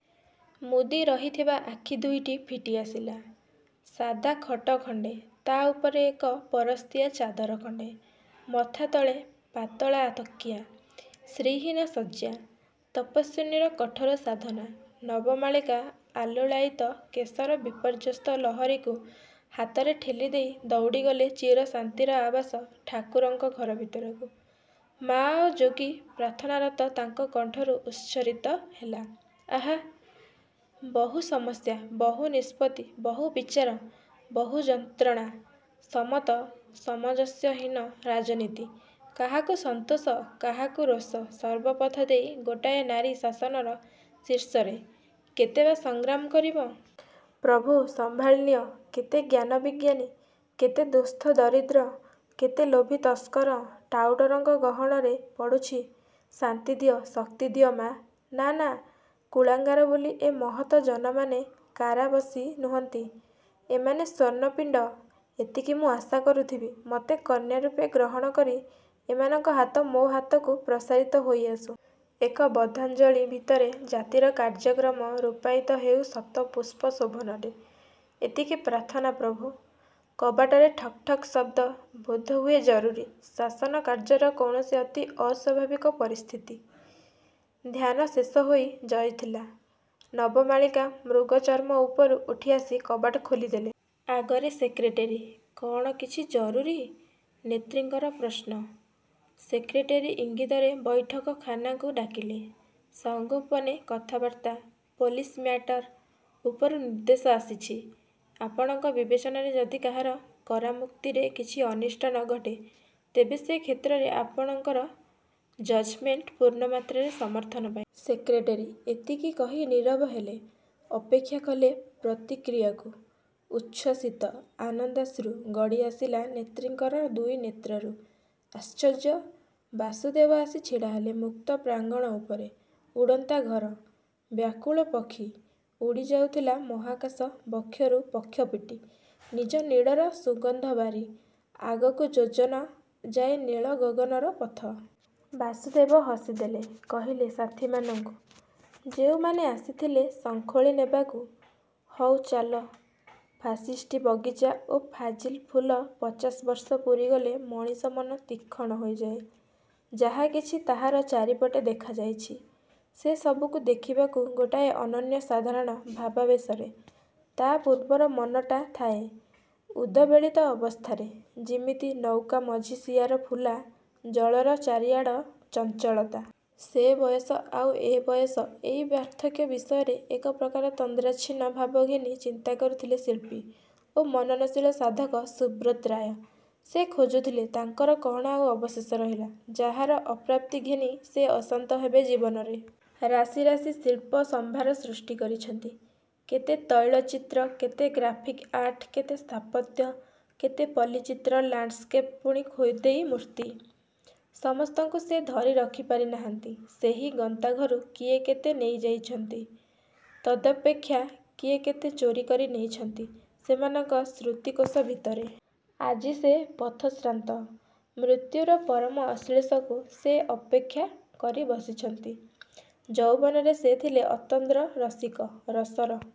ମୁଦି ରହିଥିବା ଆଖି ଦୁଇଟି ଫିଟିଆସିଲା। ସାଧା ଖଟ ଖଣ୍ଡେ, ତା ଉପରେ ଏକ–ପରସ୍ତିଆ ଚାଦର ଖଣ୍ଡେ। ମଥା ତଳେ ପାତଳା ତକିଆ। ଶ୍ରୀହୀନ ଶଯ୍ୟା, ତପସ୍ଵିନୀର କଠୋର ସାଧନା। ନବମାଳିକା ଆଲୁଳାୟିତ କେଶର ବିପର୍ଯ୍ୟସ୍ତ ଲହରୀକୁ ହାତରେ ଠେଲିଦେଇ ଦଉଡ଼ିଗଲେ ଚିର ଶାନ୍ତିର ଆବାସ ଠାକୁରଙ୍କ ଘର ଭିତରକୁ… ମାଆ ଆଉ ଯୋଗୀ… ପ୍ରାର୍ଥନାରତ ତାଙ୍କ କଣ୍ଠରୁ ଉତ୍ସରିତ ହେଲା–ଆଃ, ବହୁ ସମସ୍ୟା, ବହୁ ନିଷ୍ପତ୍ତି, ବହୁ ବିଚାର, ବହୁ ଯନ୍ତ୍ରଣା, ସମତ ସମଞ୍ଜସ୍ୟହୀନ ରାଜନୀତି, କାହାକୁ ସନ୍ତୋଷ, କାହାକୁ ରୋଷ, ସର୍ବପଥ ଦେଇ ଗୋଟାଏ ନାରୀ ଶାସନର ଶୀର୍ଷରେ, କେତେ ବା ସଂଗ୍ରାମ କରିବ? ପ୍ରଭୁ–ସମ୍ଭାଳି ନିଅ। କେତେ ଜ୍ଞାନ ବିଜ୍ଞାନୀ, କେତେ ଦୁସ୍ଥ ଦରିଦ୍ର, କେତେ ଲୋଭୀ ତସ୍କର, ଟାଉଟରଙ୍କ ଗହଣରେ ପଡ଼ୁଛି, ଶାନ୍ତିଦିଅ,। ଶକ୍ତିଦିଅ ମା– ନା ନା, କୁଳାଙ୍ଗାର ବୋଲି ଏ ମହତ ଜନମାନେ କାରାବସୀ ନୁହନ୍ତି। ଏମାନେ ସ୍ଵର୍ଣ୍ଣପିଣ୍ଡ। ଏତିକି ମୁଁ ଆଶା କରୁଥିବି, ମତେ କନ୍ୟା ରୂପେ ଗ୍ରହଣକରି ଏମାନଙ୍କ ହାତ ମୋ ହାତକୁ ପ୍ରସାରିତ ହୋଇଆସୁ। ଏକ ବଦ୍ଧାଞ୍ଜଳି ଭିତରେ ଜାତିର କାର୍ଯ୍ୟକ୍ରମ ରୂପାୟିତ ହେଉ ଶତ ପୁଷ୍ପ ଶୋଭନରେ–ଏତିକି ପ୍ରାର୍ଥନା ପ୍ରଭୁ। କବାଟରେ ଠକ୍ ଠକ୍ ଶବ୍ଦ-ବୋଧହୁଏ ଜରୁରୀ, ଶାସନ କାର୍ଯ୍ୟର କୌଣସି ଅତି ଅସ୍ୱାଭାବିକ ପରିସ୍ଥତି। ଧ୍ୟାନ ଶେଷ ହୋଇ ଯାଇଥିଲା। ନବମାଳିକା ମୃଗଚର୍ମ ଉପରୁ ଉଠିଆସି କବାଟ ଖୋଲିଦେଲେ। ଆଗରେ ସେକ୍ରେଟେରୀ। -କଅଣ କିଛି ଜରୁରୀ? –ନେତ୍ରୀଙ୍କର ପ୍ରଶ୍ନ। ସେକ୍ରେଟେରୀ ଇଙ୍ଗିତରେ ବୈଠକଖାନାକୁ ଡାକିଲେ। ସଂଗୋପନେ କଥାବାର୍ତ୍ତା– 'ପଲିସି ମ୍ୟାଟର… ଉପରୁ ନିର୍ଦ୍ଦେଶ ଆସିଛି, ଆପଣଙ୍କ ବିବେଚନାରେ ଯଦି କାହାର କରାମୁକ୍ତିରେ କିଛି ଅନିଷ୍ଟ ନଘଟେ, ତେବେ ସେ କ୍ଷେତ୍ରରେ ଆପଣଙ୍କର ଜଜମେଣ୍ଟ ପୂର୍ଣ୍ଣମାତ୍ରାରେ ସମର୍ଥନ ପାଇବ। " ସେକ୍ରେଟେରୀ ଏତିକି କହି ନୀରବ ହେଲେ-ଅପେକ୍ଷା କଲେ ପ୍ରତିକ୍ରିୟାକୁ… ଉଚ୍ଛ୍ଵସିତ ଆନନ୍ଦାଶ୍ରୁ ଗଡ଼ିଆସିଲା ନେତ୍ରୀଙ୍କର ଦୁଇ ନେତ୍ରରୁ। ଆଶ୍ଚର୍ଯ୍ୟ!! ବାସୁଦେବ ଆସି ଛିଡ଼ାହେଲେ ମୁକ୍ତ ପ୍ରାଙ୍ଗଣ ଉପରେ… ଉଡ଼ନ୍ତା ଘର–ବ୍ୟାକୁଳ ପକ୍ଷୀ ଉଡ଼ିଯାଉଥିଲା ମହାକାଶ ବକ୍ଷରୁ ପକ୍ଷ ପିଟି… ନିଜ ନୀଡ଼ର ସୁଗନ୍ଧ ବାରି… ଆଗକୁ ଯୋଜନ ଯାଏ ନୀଳ ଗଗନର ପଥ। ବାସୁଦେବ ହସିଦେଲେ। କହିଲେ ସାଥୀମାନଙ୍କୁ-ଯେଉଁମାନେ ଆସିଥିଲେ ସଂଖୋଳି ନେବାକୁ–"ହଉ ଚାଲ। " ଫାସିଷ୍ଟି ବଗିଚା ଓ ଫାଜିଲ ଫୁଲ ପଚାଶ ବର୍ଷ ପୂରିଗଲେ ମଣିଷ ମନ ତୀକ୍ଷଣ ହୋଇଯାଏ-ଯାହା କିଛି ତାହାର ଚାରିପଟେ ଦେଖାଯାଇଛି, ସେ ସବୁକୁ ଦେଖିବାକୁ ଗୋଟାଏ ଅନନ୍ୟ ସାଧାରଣ ଭାବାବେଶରେ। ତା ପୂର୍ବର ମନଟା ଥାଏ ଉଦବେଳିତ ଅବସ୍ଥାରେ… ଯିମିତି ନୌକା ମଝି ସିଆର ଫୁଲା ଜଳର ଚାରିଆଡ଼ ଚଞ୍ଚଳତା। ସେ ବୟସ ଆଉ ଏ ବୟସର ଏଇ ପାର୍ଥକ୍ୟ ବିଷୟରେ ଏକ ପ୍ରକାର ତନ୍ଦ୍ରାଚ୍ଛିନ୍ନ ଭାବ ଘେନି ଚିନ୍ତା କରୁଥିଲେ ଶିଳ୍ପୀ ଓ ମନନଶୀଳ ସାଧକ ସୁବ୍ରତ ରାୟ। ସେ ଖୋଜୁଥିଲେ ତାଙ୍କର କଅଣ ଆଉ ଅବଶେଷ ରହିଲା, ଯାହାର ଅପ୍ରାପ୍ତି ଘେନି ସେ ଅଶାନ୍ତ ହେବେ ଜୀବନରେ। ରାଶି ରାଶି ଶିଳ୍ପସମ୍ଭାର ସୃଷ୍ଟି କରିଛନ୍ତି। କେତେ ତୈଳଚିତ୍ର, କେତେ ଗ୍ରାଫିକ୍ ଆର୍ଟ… କେତେ ସ୍ଥାପତ୍ୟ, କେତେ ପଲ୍ଲୀଚିତ୍ର, ଲାଣ୍ଡସ୍କେପ୍ ପୁଣି ଖୋଦେଇ ମୂର୍ତ୍ତି। ସମସ୍ତଙ୍କୁ ସେ ଧରି ରଖିପାରିନାହାନ୍ତି। ସେହି ଗନ୍ତାଘରୁ କିଏ କେତେ ନେଇ ଯାଇଛନ୍ତି। ତଦପେକ୍ଷା କିଏ କେତେ ଚୋରିକରି ନେଇଛନ୍ତି ସେମାନଙ୍କ ସୃତିକୋଷ ଭିତରେ। ଆଜି ସେ ପଥଶ୍ରାନ୍ତ। ମୃତ୍ୟୁର ପରମ ଆଶ୍ଳେଷକୁ ସେ ଅପୋକ୍ଷା କରି ବସିଛନ୍ତି। ଯୌବନରେ ସେ ଥିଲେ ଅତନ୍ଦ୍ର ରସିକ। ରସର